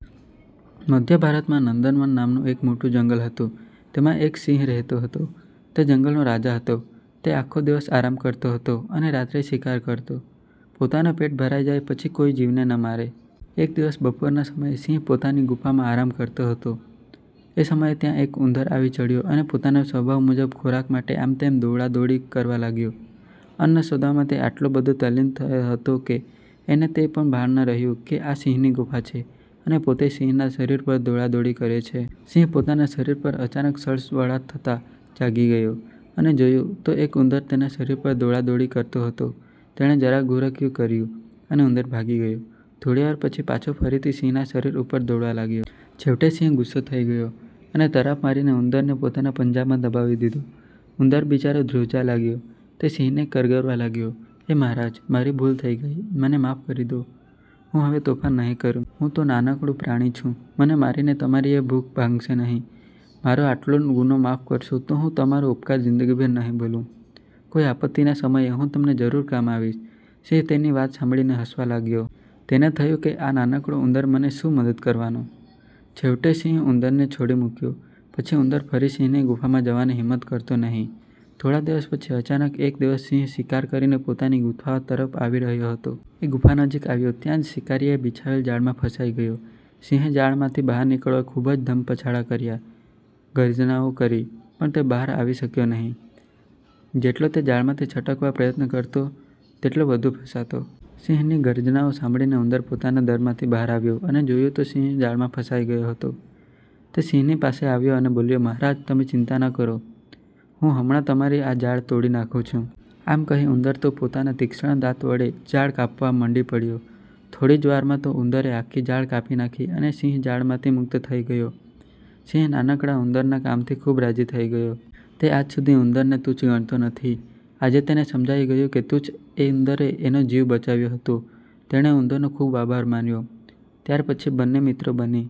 મધ્ય ભારતમાં નંદનવન નામે એક મોટું જંગલ હતું. તેમાં એક સિંહ રહેતો હતો. તે જંગલનો રાજા હતો. તે આખો દિવસ આરામ કરતો અને રાત્રે શિકાર કરતો. પોતાનું પેટ ભરાઈ જાય પછી કોઈ જીવને ન મારે. એક દિવસ બપોરના સમયે સિંહ પોતાની ગુફામાં આરામ કરતો હતો. એ સમયે ત્યાં એક ઉંદર આવી ચઢ્યો અને પોતાના સ્વભાવ મુજબ ખોરાક માટે આમતેમ દોડાદોડી કરવા લાગ્યો. અન્ન શોધવામાં તે એટલો બધો તલ્લીન હતો કે એને તે પણ ભાન ન રહ્યું કે આ સિંહની ગુફા છે અને પોતે સિંહના શરીર પર દોડાદોડી કરે છે. સિંહ પોતાના શરીર પર અચાનક સળવળાટ થતાં જાગી ગયો અને જોયું તો એક ઉંદર તેના શરીર પર દોડાદોડી કરતો હતો. તેણે જરા ઘુરકિયું કર્યું, અને ઉંદર ભાગી ગયો. થોડીવાર પછી પાછો ફરીથી સિંહના શરીર ઉપર દોડવા લાગ્યો. છેવટે સિંહ ગુસ્સે થઈ ગયો અને તરાપ મારીને ઉંદરને પોતાના પંજામાં દબાવી દીધો. ઉંદર બિચારો ધ્રૂજવા લાગ્યો. તે સિંહને કરગરવા લાગ્યો " હે મહારાજ! મારી ભૂલ થઈ ગઈ, મને માફ કરી દો. હું હવે તોફાન નહિ કરું. હું તો નાનકડું પ્રાણી છું મને મારીને તમારીએ ભૂખ ભંગશે નહીં. મારો આટલો ગુનો માફ કરશો તો હું તમારો ઉપકાર જિંદગીભર નહિ ભૂલું. કોઈ આપત્તિના સમયે હું તમને જરૂર કામ આવીશ. " સિંહ તેની વાત સાંભળી હસવા લાગ્યો. તેને થયું કે, આ નાનકડો ઉંદર મને શું મદદ કરવાનો? છેવટે સિંહે ઉંદરને છોડી મૂક્યો. પછી ઉંદર ફરી સિંહની ગુફામાં જવાની હિંમત કરતો નહિ. થોડા દિવસ પછી અચાનક એક દિવસ સિંહ શિકાર કરીને પોતાની ગુફા તરફ આવી રહ્યો હતો. એ ગુફા નજીક આવ્યો ત્યાં જ શિકારીએ બિછાવેલ જાળમાં ફસાઈ ગયો. સિંહે જાળમાંથી બહાર નીકળવા ખૂબ જ ધમપછાડા કર્યા, ગર્જનાઓ કરી, પણ તે બહાર આવી શક્યો નહિ. જેટલો તે જાળમાંથી છટકવા પ્રયત્ન કરતો તેટલો વધુ ફસાતો. સિંહની ગર્જનાઓ સાંભળીને ઉંદર પોતાના દરમાંથી બહાર આવ્યો અને જોયું તો સિંહ જાળમાં ફસાઈ ગયો હતો. તે સિંહની પાસે આવ્યો અને બોલ્યો" મહારાજ! તમે ચિંતા ન કરો. હું હમણાં તમારી આ જાળ તોડી નાખું છું. " આમ કહી ઉંદર તો પોતાના તીક્ષ્ણ દાંત વડે જાળ કાપવા મંડી પડ્યો. થોડી જ વારમાં તો ઉંદરે આખી જાળ કાપી નાખી અને સિંહ જાળમાંથી મુક્ત થઈ ગયો. સિંહ નાનકડા ઉંદરના કામથી ખૂબ રાજી થઈ ગયો. તે આજ સુધી ઉંદરને તુચ્છ ગણતો હતો. આજે તેને સમજાઈ ગયું કે એ તુચ્છ ઉંદરે એનો જીવ બચાવ્યો હતો. તેણે ઉંદરનો ખૂબ આભાર માન્યો. ત્યાર પછી બંને મિત્રો બની